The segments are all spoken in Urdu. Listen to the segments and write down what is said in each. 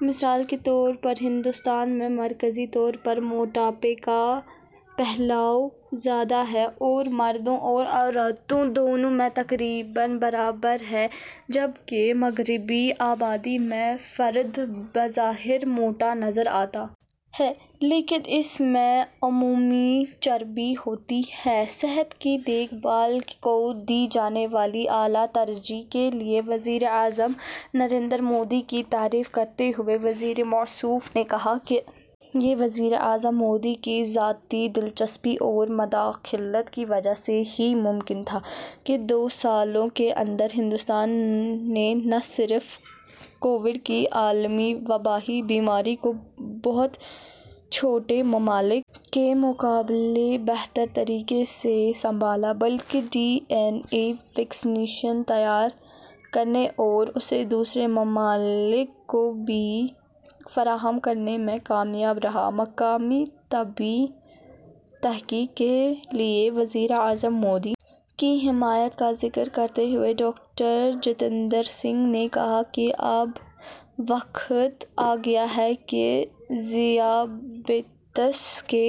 مثال کے طور پر ہندوستان میں مرکزی طور پر موٹاپے کا پھیلاؤ زیادہ ہے اور مردوں اور عورتوں دونوں میں تقریباً برابر ہے جب کہ مغربی آبادی میں فرد بظاہر موٹا نظر آتا ہے لیکن اس میں عمومی چربی ہوتی ہے صحت کی دیکھ بھال کو دی جانے والی اعلی ترجیح کے لیے وزیر اعظم نریندر مودی کی تعریف کرتے ہوئے وزیر موصوف نے کہا کہ یہ وزیر اعظم مودی کی ذاتی دلچسپی اور مداخلت کی وجہ سے ہی ممکن تھا کہ دو سالوں کے اندر ہندوستان نے نہ صرف کووڈ کی عالمی وبائی بیماری کو بہت چھوٹے ممالک کے مقابلے میں بہتر طریقے سے سنبھالا بلکہ ڈی این اے ویکسین تیار کرنے اور اسے دوسرے ممالک کو بھی فراہم کرنے میں کامیاب رہا مقامی طبی تحقیق کے لیے وزیر اعظم مودی کی حمایت کا ذکر کرتے ہوئے ڈاکٹر جتیندر سنگھ نے کہا کہ اب وقت آگیا ہے کہ ذیابیطس کے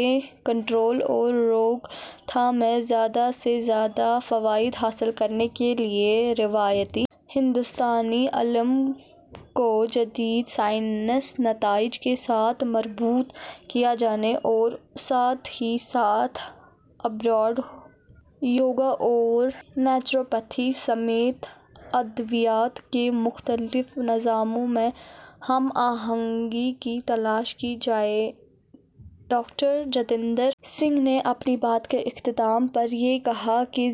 کنٹرول اور روک تھام میں زیادہ سے زیادہ فوائد حاصل کرنے کے لیے روایتی ہندوستانی علم کو جدید سائنسی نتائج کے ساتھ مربوط کیا جائے اور ساتھ ہی ساتھ آیوروید یوگا اور نیچروپیتھی سمیت ادویات کے مختلف نظاموں میں ہم آہنگی کی تلاش کی جائے ڈاکٹر جتیندر سنگھ نے اپنی بات کے اختتام پر یہ کہا کہ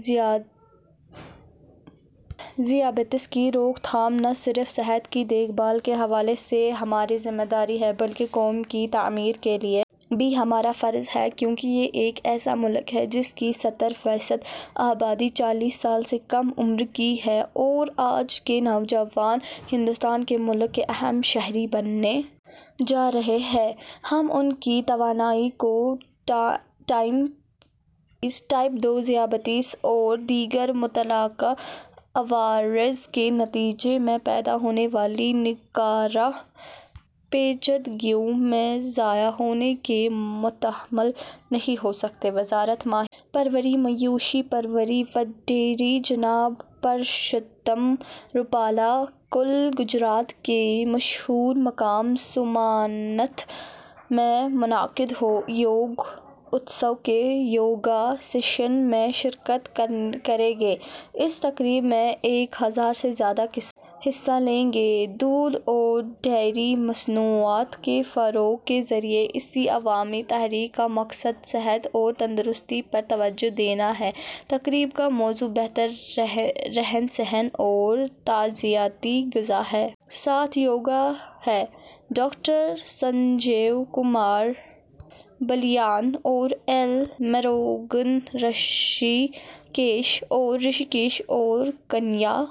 ذیابیطس کی روک تھام نہ صرف صحت کی دیکھ بھال کے حوالے سے ہماری ذمہ داری ہے بلکہ قوم کی تعمیر کے لیے بھی ہمارا فرض ہے کیونکہ یہ ایک ایسا ملک ہے جس کی ستر فیصد آبادی چالیس سال سے کم عمر کی ہے اور آج کے نوجوان ہندوستان کے ملک کے اہم شہری بننے جا رہے ہیں ہم ان کی توانائی کو ٹائپ دو ذیابیطس اور دیگر متعلقہ عوارض کے نتیجے میں پیدا ہونے والی ناکارہ پیچیدگیوں میں ضائع ہونے کے متحمل نہیں ہو سکتے وزارت ماہی پروری مویشی پروری و ڈیری جناب پرشوتم روپالا کل گجرات کے مشہور مقام سومناتھ میں منعقد یوگ اتسو کے یوگا سیشن میں شرکت کریں گے اس تقریب میں ایک ہزار سے زیادہ کسان حصہ لیں گے دودھ اور ڈیری مصنوعات کے فروغ کے ذریعے اس عوامی تحریک کا مقصد صحت اور تندرستی پر توجہ دینا ہے تقریب کا موضوع بہتر رہن سہن اور تغذیاتی غذا کے ساتھ یوگا ہے ڈاکٹر سنجیو کمار بالیان اور ایل موروگن رشی کیش اور کنیا